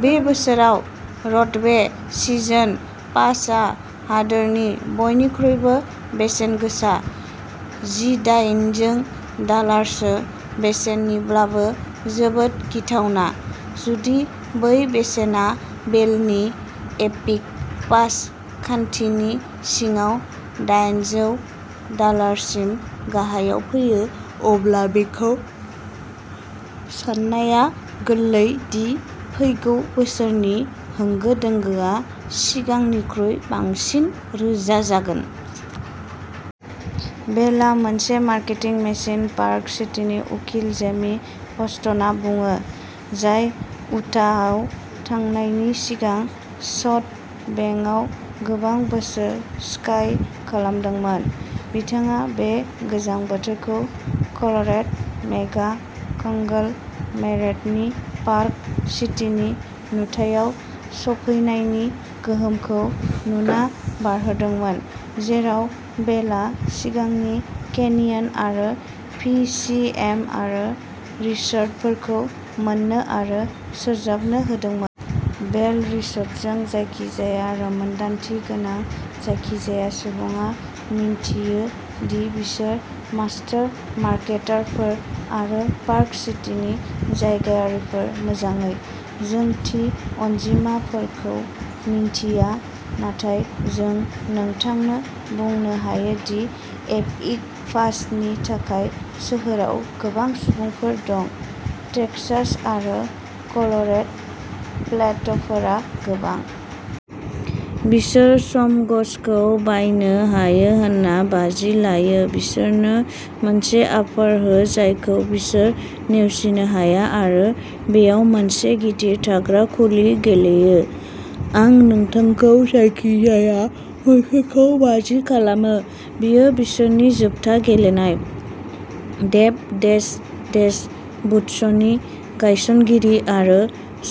बे बोसोराव रट'वे सिजन पासआ हादोरनि बयनिख्रुइबो बेसेनगोसा, जिदायेनजौ डालारसो बेसेननिब्लाबो जोबोद गिथावना। जुदि बै बेसेना वेलनि एपिक पास खान्थिनि सिङाव दायेनजौ डालारसिम गाहायाव फैयो, अब्ला बेखौ साननाया गोरलै दि फैगौ बोसोरनि होंगो दोंगोआ सिगांनिख्रुइ बांसिन रोजा जागोन। वेलआ मोनसे मार्केटिं मेसिन पार्क सिटीनि उखिल जेमी प्रस्टनआ बुङो, जाय उटाहआव थांनायनि सिगां सट'बेंआव गोबां बोसोर स्काइ खालामदोंमोन। बिथाङा बे गोजां बोथोरखौ कलरेड' मेगा-कंग्ल'मेरेटनि पार्क सिटीनि नुथायाव सफैनायनि गोहोमखौ नुना बारहोदोंमोन, जेराव वेलआ सिगांनि केनियन आरो फि सि एम आरो रिसर्टफोरखौ मोननो आरो सरजाबनो हादोंमोन। वेल रिसर्टजों जायखिजाया रोंमोनदांथि गोनां जायखिजाया सुबुङा मिन्थियो दि बिसोर मास्टार मार्केटारफोर, आरो पार्क सिटीनि जायगायारिफोर मोजाङै, जों थि अनजिमाफोरखौ मिन्थिया, नाथाय जों नोंथांनो बुंनो हायो दि एपिक पासनि थाखाय सोहोराव गोबां सुबुंफोर दं, टेक्सास आरो कलरेड'प्लेटफोरा गोबां। बिसोर स्मग्सखौ बायनो हायो होनना बाजि लायो बिसोरनो मोनसे अफार हो जायखौ बिसोर नेवसिनो हाया आरो बैयाव मोनसे गिदिर थाग्रा खुलि गेलेयो। आं नोंथांखौ जायखिजाया मोनसेखौ बाजि खालामो, बेयो बिसोरनि जोबथा गेलेनाय। डेभ डेज, डेज बुटसनि गायसनगिरि आरो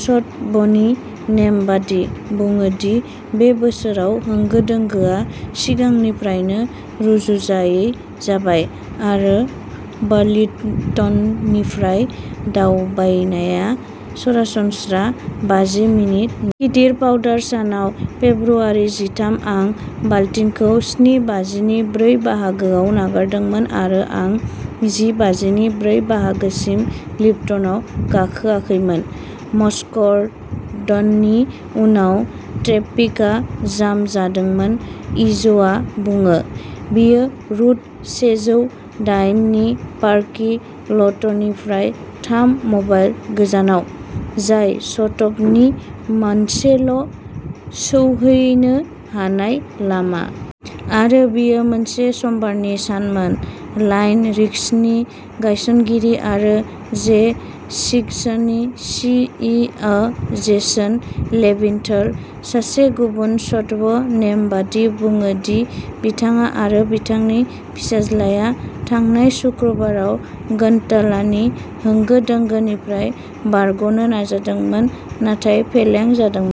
स्ट'वनि नेमबादि, बुङो दि बे बोसोराव होंगो दोंगोआ सिगांनिफ्रायनो रुजुजायै जाबाय, आरो बार्लिंटननिफ्राय दावबायनाया सरासनस्रा बाजि मिनिट। गिदिर पाउडार सानाव फेब्रुआरि जिथाम आं बालथिंखौ स्नि बाजिनि ब्रै बाहागोयाव नागारदोंमोन आरो आं जि बाजिनि ब्रै बाहागोसिम लिफ्टनआव गाखोआखैमोन। मस्क'र'डननि उनाव ट्रेफिकआ जाम जादोंमोन इजआ बुङो। बियो रुट सेजौ दायेन नि पार्कि ल'टनिफ्राय थाम माइल गोजानाव, जाय स्ट'वनि मोनसेल' सौहैनो हानाय लामा। आरो बेयो मोनसे समबारनि सानमोन। लाइन रिक्सनि गायसनगिरि आरो जे स्किसनि C E O Jason Levinthal, सासे गुबुन स्ट'व नेमबादि, बुङो दि बिथाङा आरो बिथांनि फिसाज्लाया थांनाय सुक्रुबाराव गन्ड'लानि होंगो दोंगोनिफ्राय बारग'नो नाजादोंमोन, नाथाय फेलें जादोंमोन।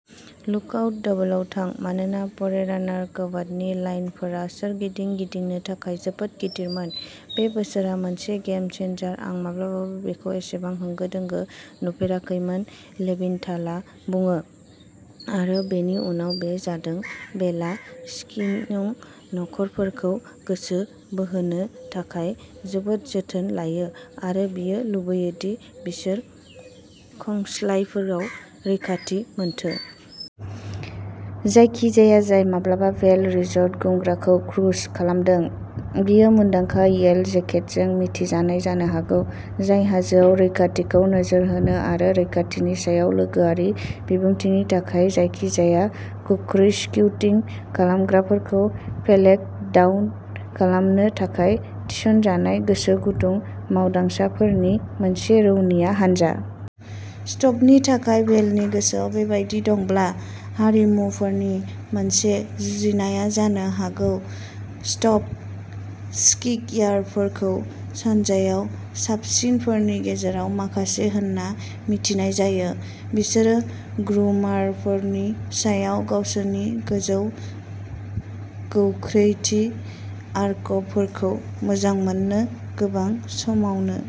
लुकआउट डबलआव थां, मानोना फरेरानार क्वाडनि लाइनफोरा सोरगिदिं गिदिंनो थाखाय जोबोद गिदिरमोन। बे बोसोरआ मोनसे गेम चेन्जार आं माब्लाबाबो बेखौ एसेबां होंगो दोंगो नुफेराखैमोन लेभिनथालआ बुङो। आरो बेनि उनाव बे जादों वेलआ स्कीइं नखरफोरखौ गोसो बोहोनो थाखाय जोबोद जोथोन लायो, आरो बियो लुबैयो दि बिसोर खंस्लायफोराव रैखाथि मोनथों। जायखिजाया जाय माब्लाबा भेल रिसर्ट ग्रुमराखौ क्रुज खालामदों, बियो मुंदांखा येल' जेकेटजों मिथिजानाय जानो हागौ, जाय हाजोआव रैखाथिखौ नोजोर होनो आरो रैखाथिनि सायाव लोगोआरि बिबुंथिनि थाखाय जायखिजाया गोख्रै स्कीउथिं खालामग्राफोरखौ फेलेग डाउन खालामनो थाखाय थिसनजानाय गोसोगुदुं मावदांसाफोरनि मोनसे रौनिया हानजा। स्ट'वनि थाखाय भेलनि गोसोआव बेबायदि दंब्ला, हारिमुफोरनि मोनसे जुजिनाया जानो हागौ। स्ट'व स्किकियारफोरखौ सानजायाव साबसिनफोरनि गेजेराव माखासे होनना मिथिनाय जायो। बिसोर ग्रुमारफोरनि सायाव गावसोरनि गोजौ गोख्रैथि आर्कफोरखौ मोजां मोननो गोबां समावनो।